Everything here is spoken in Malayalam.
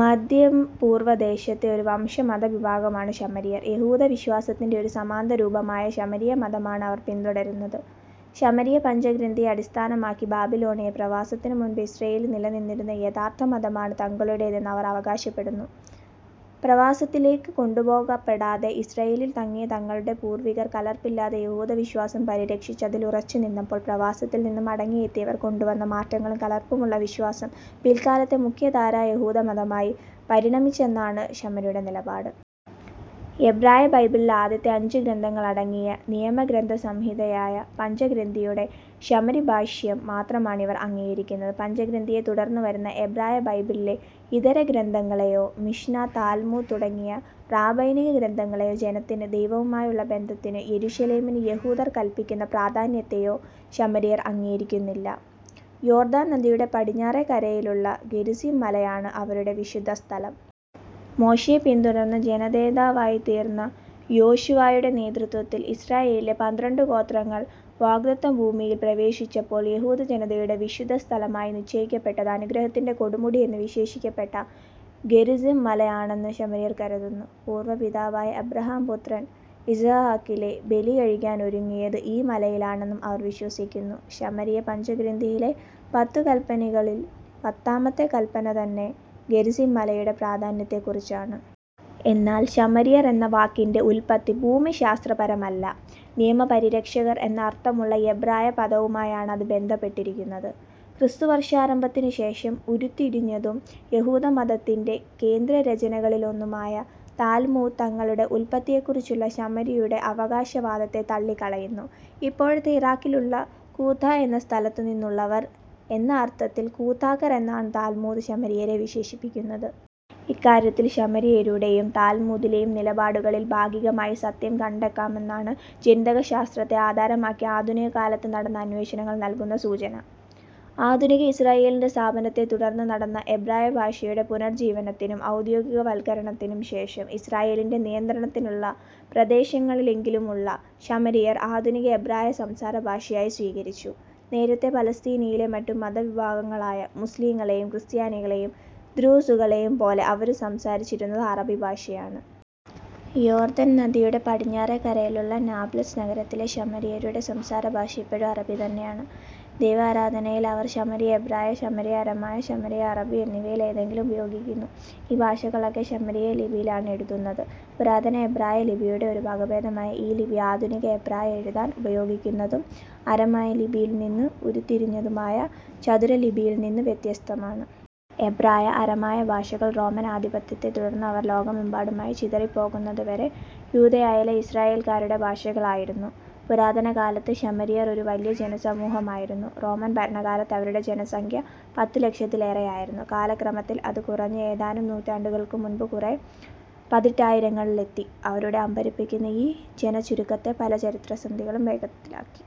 മദ്ധ്യപൂർവദേശത്തെ ഒരു വംശ-മതവിഭാഗമാണ് ശമരിയർ. യഹൂദവിശ്വാസത്തിന്റെ ഒരു സമാന്തരരൂപമായ ശമരിയമതമാണ് അവർ പിന്തുടരുന്നത്. ശമരിയ പഞ്ചഗ്രന്ഥിയെ അടിസ്ഥാനമാക്കി, ബാബിലോണിലെ പ്രവാസത്തിനുമുൻപ് ഇസ്രായേലിൽ നിലനിന്നിരുന്ന യഥാർത്ഥമതമാണ് തങ്ങളുടേതെന്ന് അവർ അവകാശപ്പെടുന്നു. പ്രവസത്തിലേക്ക് കൊണ്ടുപോകപ്പെടാതെ ഇസ്രായേലിൽ തങ്ങിയ തങ്ങളുടെ പൂർവികർ കലർപ്പില്ലാത്ത യഹൂദവിശ്വാസം പരിരക്ഷിച്ച് അതിൽ ഉറച്ചുനിന്നപ്പോൾ, പ്രവാസത്തിൽ നിന്ന് മടങ്ങിയെത്തിയവർ കൊണ്ടുവന്ന മാറ്റങ്ങളും കലർപ്പുമുള്ള വിശ്വാസം പിലക്കാലത്തെ മുഖ്യധാരാ യഹൂദമതമായി പരിണമിച്ചെന്നാണ് ശമരിയരുടെ നിലപാട്. എബ്രായബൈബിളിലെ ആദ്യത്തെ അഞ്ചുഗ്രന്ഥങ്ങളടങ്ങിയ നിയമഗ്രന്ഥസംഹിതയായ പഞ്ചഗ്രന്ഥിയുടെ ശമരിയഭാഷ്യം മാത്രമാണ് ഇവർ അംഗീകരിക്കുന്നത്. പഞ്ചഗ്രന്ഥിയെ തുടർന്നു വരുന്ന എബ്രായബൈബിളിലെ ഇതരഗ്രന്ഥങ്ങളെയോ, മിഷ്നാ, താൽമൂദ് തുടങ്ങിയ റാബൈനിക ഗ്രന്ഥങ്ങളേയോ, ജനത്തിന് ദൈവവുമായുള്ള ബന്ധത്തിൽ യെരുശലേമിന് യഹൂദർ കല്പിക്കുന്ന പ്രാധാന്യത്തെയോ ശമരിയർ അംഗീകരിക്കുന്നില്ല. യോർദ്ദാൻ നദിയുടെ പടിഞ്ഞേറെക്കരയിലുള്ള ഗെരിസിം മലയാണ് അവരുടെ വിശുദ്ധസ്ഥലം. മോശെയെ പിന്തുടർന്ന് ജനനേതാവായിത്തീർന്ന യോശുവായുടെ നേതൃത്വത്തിൽ ഇസ്രായേലിലെ പന്ത്രണ്ടു ഗോത്രങ്ങൾ വാഗ്ദത്തഭൂമിയിൽ പ്രവേശിച്ചപ്പോൾ, യഹൂദജനതയുടെ വിശുദ്ധസ്ഥലമായി നിശ്ചയിക്കപ്പെട്ടത് അനുഗ്രത്തിന്റെ കൊടുമുടിയെന്ന് വിശേഷിപ്പിക്കപ്പെട്ട ഗെരിസിം മല ആണെന്ന് ശമരിയർ കരുതുന്നു. പൂർവപിതാവായ അബ്രാഹം പുത്രൻ ഇസഹാക്കിലെ ബലികഴിക്കാനൊരുങ്ങിയത് ഈ മലയിലാണെന്നും അവർ വിശ്വസിക്കുന്നു. ശമരിയപഞ്ചഗ്രന്ഥിയിലെ പത്തുകല്പനകളിൽ പത്താമത്തെ കല്പന തന്നെ ഗെരിസിം മലയുടെ പ്രാധാന്യത്തെക്കുറിച്ചാണ്. എന്നാൽ 'ശമരിയർ' എന്ന വാക്കിന്റെ ഉല്പത്തി ഭൂമിശാസ്ത്രപരമല്ല. "നിയമപരിരക്ഷകർ" എന്ന അർത്ഥമുള്ള എബ്രായ പദവുമായാണ് അത് ബന്ധപ്പെട്ടിരിക്കുന്നത്. ക്രിസ്തുവർഷാരംഭത്തിനുശേഷം ഉരുത്തിരിഞ്ഞതും, യഹൂദമതമതത്തിന്റെ കേന്ദ്രരചനകളിലൊന്നുമായ താൽമൂദ്, തങ്ങളുടെ ഉല്പത്തിയെക്കുറിച്ചുള്ള ശമരിയരുടെ അവകാശവാദത്തെ തള്ളിക്കളയുന്നു. ഇപ്പോഴത്തെ ഇറാഖിലുള്ള കൂത്താ എന്ന സ്ഥലത്തുനിന്നുള്ളവർ എന്ന അർത്ഥത്തിൽ കൂത്താക്കാർ എന്നാണ് താൽമൂദ് ശമരിയരെ വിശേഷിപ്പിക്കുന്നത്. ഇക്കാര്യത്തിൽ ശമരിയരുടേയും താൽമൂദിലേയും നിലപാടുകളിൽ ഭാഗികമായ സത്യം കണ്ടെക്കാമെന്നാണ് ജനിതകശാസ്ത്രത്തെ ആധാരമാക്കി ആധുനികകാലത്ത് നടന്ന അന്വേഷണങ്ങൾ നൽകുന്ന സൂചന. ആധുനിക ഇസ്രായേലിന്റെ സ്ഥാപനത്തെ തുടർന്ന് നടന്ന എബ്രായഭാഷയുടെ പുനർജ്ജീവനത്തിനും ഔദ്യോഗികവൽക്കരണത്തിനും ശേഷം, ഇസ്രായേലിന്റെ നിയന്ത്രണത്തിലുള്ള പ്രദേശങ്ങളിലെങ്കിലുമുള്ള ശമരിയർ ആധുനിക എബ്രായ സംസാരഭാഷയായി സ്വീകരിച്ചു. നേരത്തേ, പലസ്തീനയിലെ മറ്റു മതവിഭാഗങ്ങളായ മുസ്ലിങ്ങളേയും, ക്രിസ്ത്യാനികളേയും ദ്രൂസുകളേയും പോലെ, അവരും സംസാരിച്ചിരുന്നത് അറബി ഭാഷയാണ്. യോർദ്ദൻ നദിയുടെ പടിഞ്ഞാറേക്കരയിലുള്ള നാബ്ലസ് നഗരത്തിലെ ശമരിയരുടെ സംസാരഭാഷ ഇപ്പോഴും അറബി തന്നെയാണ്. ദൈവാരാധനയിൽ അവർ ശമരിയ-എബ്രായ, ശമരിയ-അരമായ, ശമരിയ-അറബി എന്നിവയിൽ ഏതെങ്കിലും ഉപയോഗിക്കുന്നു. ഈ ഭാഷകളൊക്കെ ശമരിയ ലിപിയിൽ ആണ് എഴുതുന്നത്. പുരാതന എബ്രായ ലിപിയുടെ ഒരു വകഭേദമായ ഈ ലിപി, ആധുനിക എബ്രായ എഴുതാൻ ഉപയോഗിക്കുന്നതും അരമായ ലിപിയിൽ നിന്ന് ഉരുത്തിരിഞ്ഞതുമായ ചതുരലിപിയിൽ നിന്ന് വ്യത്യസ്തമാണ്. എബ്രായ, അരമായ ഭാഷകൾ, റോമൻ ആധിപത്യത്തെ തുടർന്ന് അവർ ലോകമെമ്പാടുമായി ചിതറിപ്പോകുന്നതുവരെ, യൂദയായിലെ ഇസ്രായേൽക്കാരുടെ ഭാഷകൾ ആയിരുന്നു. പുരാതനകാലത്ത് ശമരിയർ ഒരു വലിയ ജനസമൂഹമായിരുന്നു. റോമൻ ഭരണകാലത്ത് അവരുടെ ജനസംഖ്യ പത്തുലക്ഷത്തിലേറെയായിരുന്നു. കാലക്രമത്തിൽ അത് കുറഞ്ഞ് ഏതാനും നൂറ്റാണ്ടുകൾക്കുമുൻപ് കുറേ പതിറ്റായിരങ്ങളിലെത്തി. അവരുടെ അമ്പരപ്പിക്കുന്ന ഈ ജനച്ചുരുക്കത്തെ പലചരിത്രസന്ധികളും വേഗത്തിലാക്കി.